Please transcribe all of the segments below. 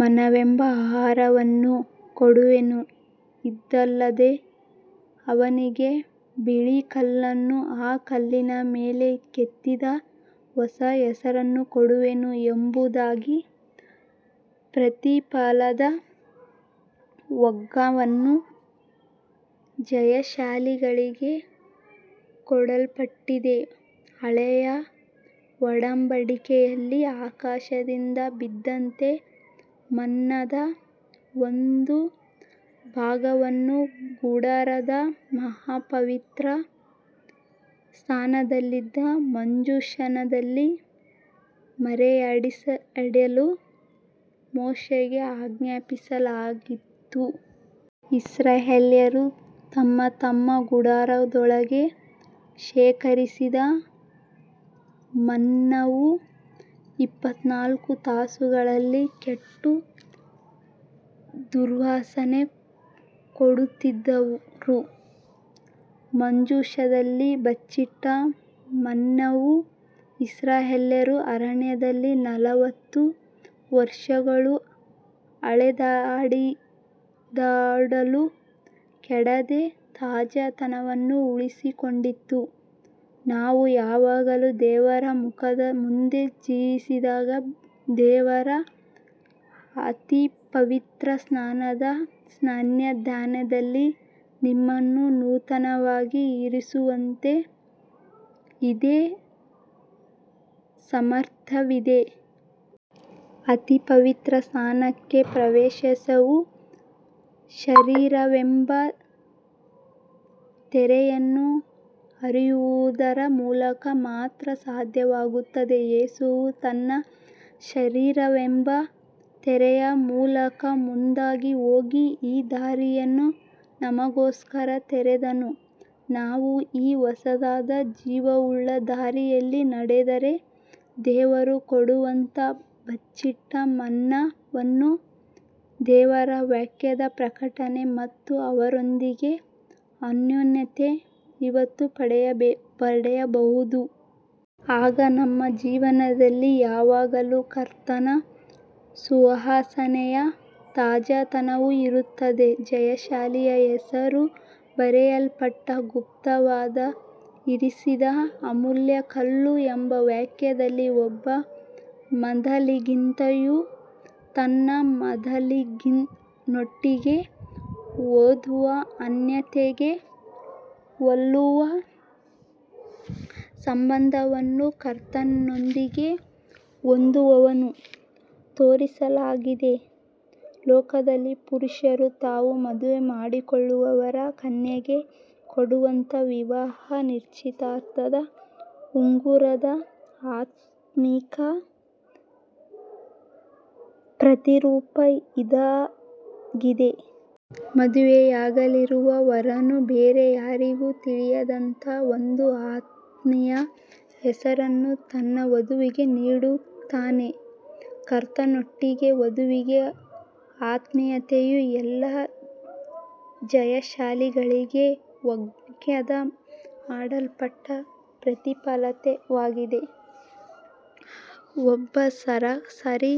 ಮನ್ನವೆಂಬ ಆಹಾರವನ್ನು ಕೊಡುವೆನು; ಇದಲ್ಲದೆ ಅವನಿಗೆ ಬಿಳೀ ಕಲ್ಲನ್ನೂ, ಆ ಕಲ್ಲಿನ ಮೇಲೆ ಕೆತ್ತಿದ ಹೊಸ ಹೆಸರನ್ನೂ ಕೊಡುವೆನು," ಎಂಬುದಾಗಿ ಪ್ರತಿಫಲದ ವಾಗ್ದಾನವು ಜಯಶಾಲಿಗಳಿಗೆ ಕೊಡಲ್ಪಟ್ಟಿದೆ. ಹಳೆಯ ಒಡಂಬಡಿಕೆಯಲ್ಲಿ, ಆಕಾಶದಿಂದ ಬಿದ್ದಂತ "ಮನ್ನ"ದ ಒಂದು ಭಾಗವನ್ನು ಗುಡಾರದ ಮಹಾಪವಿತ್ರ ಸ್ಥಾನದಲ್ಲಿದ್ದ ಮಂಜೂಷದಲ್ಲಿ ಮರೆಯಾಗಿಡಲು ಮೋಶೆಗೆ ಆಜ್ಞಾಪಿಸಲಾಗಿತ್ತು. ಇಸ್ರಾಯೇಲ್ಯರು ತಮ್ಮ ತಮ್ಮ ಗುಡಾರದೊಳಗೆ ಶೇಖರಿಸಿದ ಮನ್ನವು ಇಪ್ಪತ್ನಾಲ್ಕು ತಾಸುಗಳಲ್ಲಿ ಕೆಟ್ಟು ದುರ್ವಾಸನೆ ಕೊಡುತ್ತಿದ್ದರೂ, ಮಂಜೂಷದಲ್ಲಿ "ಬಚ್ಚಿಟ್ಟ ಮನ್ನವು," ಇಸ್ರಾಯೇಲ್ಯರು ಅರಣ್ಯದಲ್ಲಿ ನಲವತ್ತು ವರ್ಷಗಳು ಅಲೆದಾಡಿದಾಗಲೂ ಕೆಡದೆ ತಾಜಾತನವನ್ನು ಉಳಿಸಿಕೊಂಡಿತ್ತು. ನಾವು ಯಾವಾಗಲೂ ದೇವರ ಮುಖದ ಮುಂದೆ ಜೀವಿಸಿದರೆ, ದೇವರ ಅತಿಪವಿತ್ರ ಸ್ಥಾನದ ಸಾನ್ನಿಧ್ಯದಲ್ಲಿ ನಮ್ಮನ್ನು ನೂತನವಾಗಿ ಇರಿಸುವಂತ ಇದೇ ಸಾಮರ್ಥ್ಯವಿದೆ. ಅತಿಪವಿತ್ರ ಸ್ಥಾನಕ್ಕೆ ಪ್ರವೇಶವು ಶರೀರವೆಂಬ ತೆರೆಯನ್ನು ಹರಿಯುವುದರ ಮೂಲಕ ಮಾತ್ರ ಸಾಧ್ಯವಾಗುತ್ತದೆ. ಯೇಸುವು ತನ್ನ ಶರೀರವೆಂಬ ತೆರೆಯ ಮೂಲಕ ಮುಂದಾಗಿ ಹೋಗಿ, ಈ ದಾರಿಯನ್ನು ನಮಗೋಸ್ಕರ ತೆರೆದನು. ನಾವು ಈ ಹೊಸದಾದ, ಜೀವವುಳ್ಳ ದಾರಿಯಲ್ಲಿ ನಡೆದರೆ, ದೇವರು ಕೊಡುವಂಥ 'ಬಚ್ಚಿಟ್ಟ ಮನ್ನ'ವನ್ನು ದೇವರ ವಾಕ್ಯದ ಪ್ರಕಟನೆ ಮತ್ತು ಅವರೊಂದಿಗೆ ಅನ್ಯೋನ್ಯತೆ ಇವನ್ನು ಪಡೆಯಬಹುದು. ಆಗ ನಮ್ಮ ಜೀವನದಲ್ಲಿ ಯಾವಾಗಲೂ ಕರ್ತನ ಸುವಾಸನೆಯ ತಾಜಾತನವು ಇರುತ್ತದೆ. 'ಜಯಶಾಲಿಯ ಹೆಸರು ಬರೆಯಲ್ಪಟ್ಟ ಗುಪ್ತವಾಗಿ ಇರಿಸಿದ ಅಮೂಲ್ಯ ಕಲ್ಲು' ಎಂಬ ವಾಕ್ಯದಲ್ಲಿ, ಒಬ್ಬ ಮದಲಗಿತ್ತಿಯು ತನ್ನ ಮದಲಿಂಗನೊಟ್ಟಿಗೆ ಹೊಂದುವ ಅನ್ಯೋನ್ಯತೆಗೆ ಹೋಲುವ ಸಂಬಂಧವನ್ನು ಕರ್ತನೊಂದಿಗೆ ಹೊಂದುವದನ್ನು ತೋರಿಸಲಾಗಿದೆ. ಲೋಕದಲ್ಲಿ ಪುರುಷರು ತಾವು ಮದುವೆ ಮಾಡಿಕೊಳ್ಳಲಿರುವ ಕನ್ಯೆಗೆ ಕೊಡುವಂತ "ವಿವಾಹ ನಿಶ್ಚಿತಾರ್ಥದ ಉಂಗುರದ" ಆತ್ಮಿಕ ಪ್ರತಿರೂಪ ಇದಾಗಿದೆ. ಮದುವೆಯಾಗಲಿರುವ ವರನು, ಬೇರೆ ಯಾರಿಗೂ ತಿಳಿಯದಂತ ಒಂದು ಆತ್ಮೀಯ ಹೆಸರನ್ನು ತನ್ನ ವಧುವಿಗೆ ನೀಡುತ್ತಾನೆ. ಕರ್ತನೊಟ್ಟಿಗೆ 'ವಧುವಿನ ಆತ್ಮೀಯತೆಯು' ಎಲ್ಲಾ ಜಯಶಾಲಿಗಳಿಗೆ ವಾಗ್ದಾನ ಮಾಡಲ್ಪಟ್ಟ ಪ್ರತಿಫಲವಾಗಿದೆ. ಒಬ್ಬ 'ಸರಾಸರಿ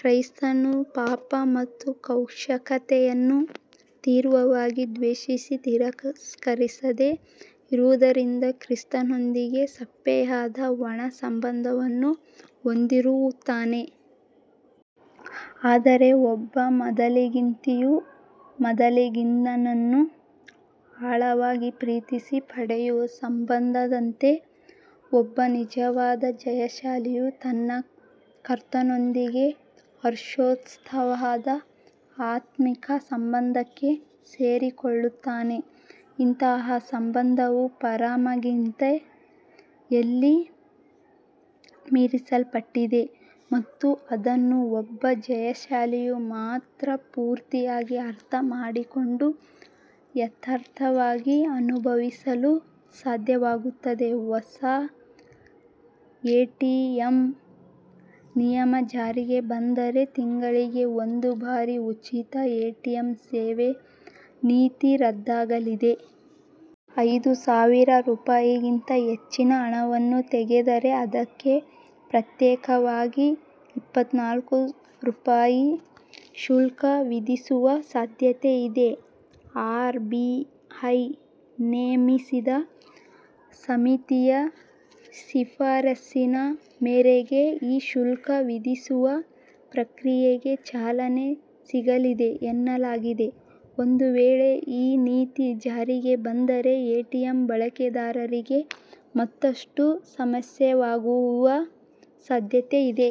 ಕ್ರೈಸ್ತನು' ಪಾಪ ಮತ್ತು ಲೌಕಿಕತೆಯನ್ನು ತೀವ್ರವಾಗಿ ದ್ವೇಷಿಸಿ ತಿರಸ್ಕರಿಸದೆ ಇರುವುದರಿಂದ, ಕ್ರಿಸ್ತನೊಂದಿಗೆ ಸಪ್ಪೆಯಾದ, ಒಣ ಸಂಬಂಧವನ್ನು ಹೊಂದಿರುತ್ತಾನೆ. ಆದರೆ ಒಬ್ಬ ಮದಲಗಿತ್ತಿಯು ಮದಲಿಂಗನನ್ನು ಆಳವಾಗಿ ಪ್ರೀತಿಸಿ ಪಡೆಯುವ ಸಂಬಂಧದಂತೆ, ಒಬ್ಬ ನಿಜವಾದ ಜಯಶಾಲಿಯು ತನ್ನ ಕರ್ತನೊಂದಿಗೆ ಹರ್ಷೋತ್ಸಾಹದ ಆತ್ಮಿಕ ಸಂಬಂಧಕ್ಕೆ ಸೇರಿಕೊಳ್ಳುತ್ತಾನೆ. ಇಂತಹ ಸಂಬಂಧವು "ಪರಮಗೀತೆ"ಯಲ್ಲಿ ವಿವರಿಸಲ್ಪಟ್ಟಿದೆ ಮತ್ತು ಇದನ್ನು ಒಬ್ಬ ಜಯಶಾಲಿಯು ಮಾತ್ರ ಪೂರ್ತಿಯಾಗಿ ಅರ್ಥ ಮಾಡಿಕೊಂಡು, ಯಥಾರ್ಥವಾಗಿ ಅನುಭವಿಸಲು ಸಾಧ್ಯವಾಗುತ್ತದೆ. ಹೊಸ ಎಟಿಎಂ ನಿಯಮ ಜಾರಿಗೆ ಬಂದರೆ, ತಿಂಗಳಿಗೆ ಐದು ಬಾರಿ ಉಚಿತ ಎಟಿಎಂ ಸೇವೆ ನೀತಿ ರದ್ದಾಗಲಿದೆ. ಐದು ಸಾವಿರ ರೂಪಾಯಿಗಿಂತ ಹೆಚ್ಚಿನ ಹಣವನ್ನು ತೆಗೆದರೆ ಅದಕ್ಕೆ ಪ್ರತ್ಯೇಕವಾಗಿ ಇಪ್ಪತ್ನಾಲ್ಕು ರೂಪಾಯಿ ಶುಲ್ಕ ವಿಧಿಸುವ ಸಾಧ್ಯತೆ ಇದೆ. ಆರ್ ಬಿಐ ನೇಮಿಸಿದ್ದ ಸಮಿತಿಯ ಶಿಫಾರಸಿನ ಮೇರೆಗೆ ಈ ಶುಲ್ಕ ವಿಧಿಸುವ ಪ್ರಕ್ರಿಯೆಗೆ ಚಾಲನೆ ಸಿಗಲಿದೆ ಎನ್ನಲಾಗಿದೆ. ಒಂದು ವೇಳೆ ಈ ನೀತಿ ಜಾರಿಗೆ ಬಂದರೆ ಎಟಿಎಂ ಬಳಕೆದಾರರಿಗೆ ಮತ್ತಷ್ಟು ಸಮಸ್ಯೆಯಾಗುವ ಸಾಧ್ಯತೆ ಇದೆ.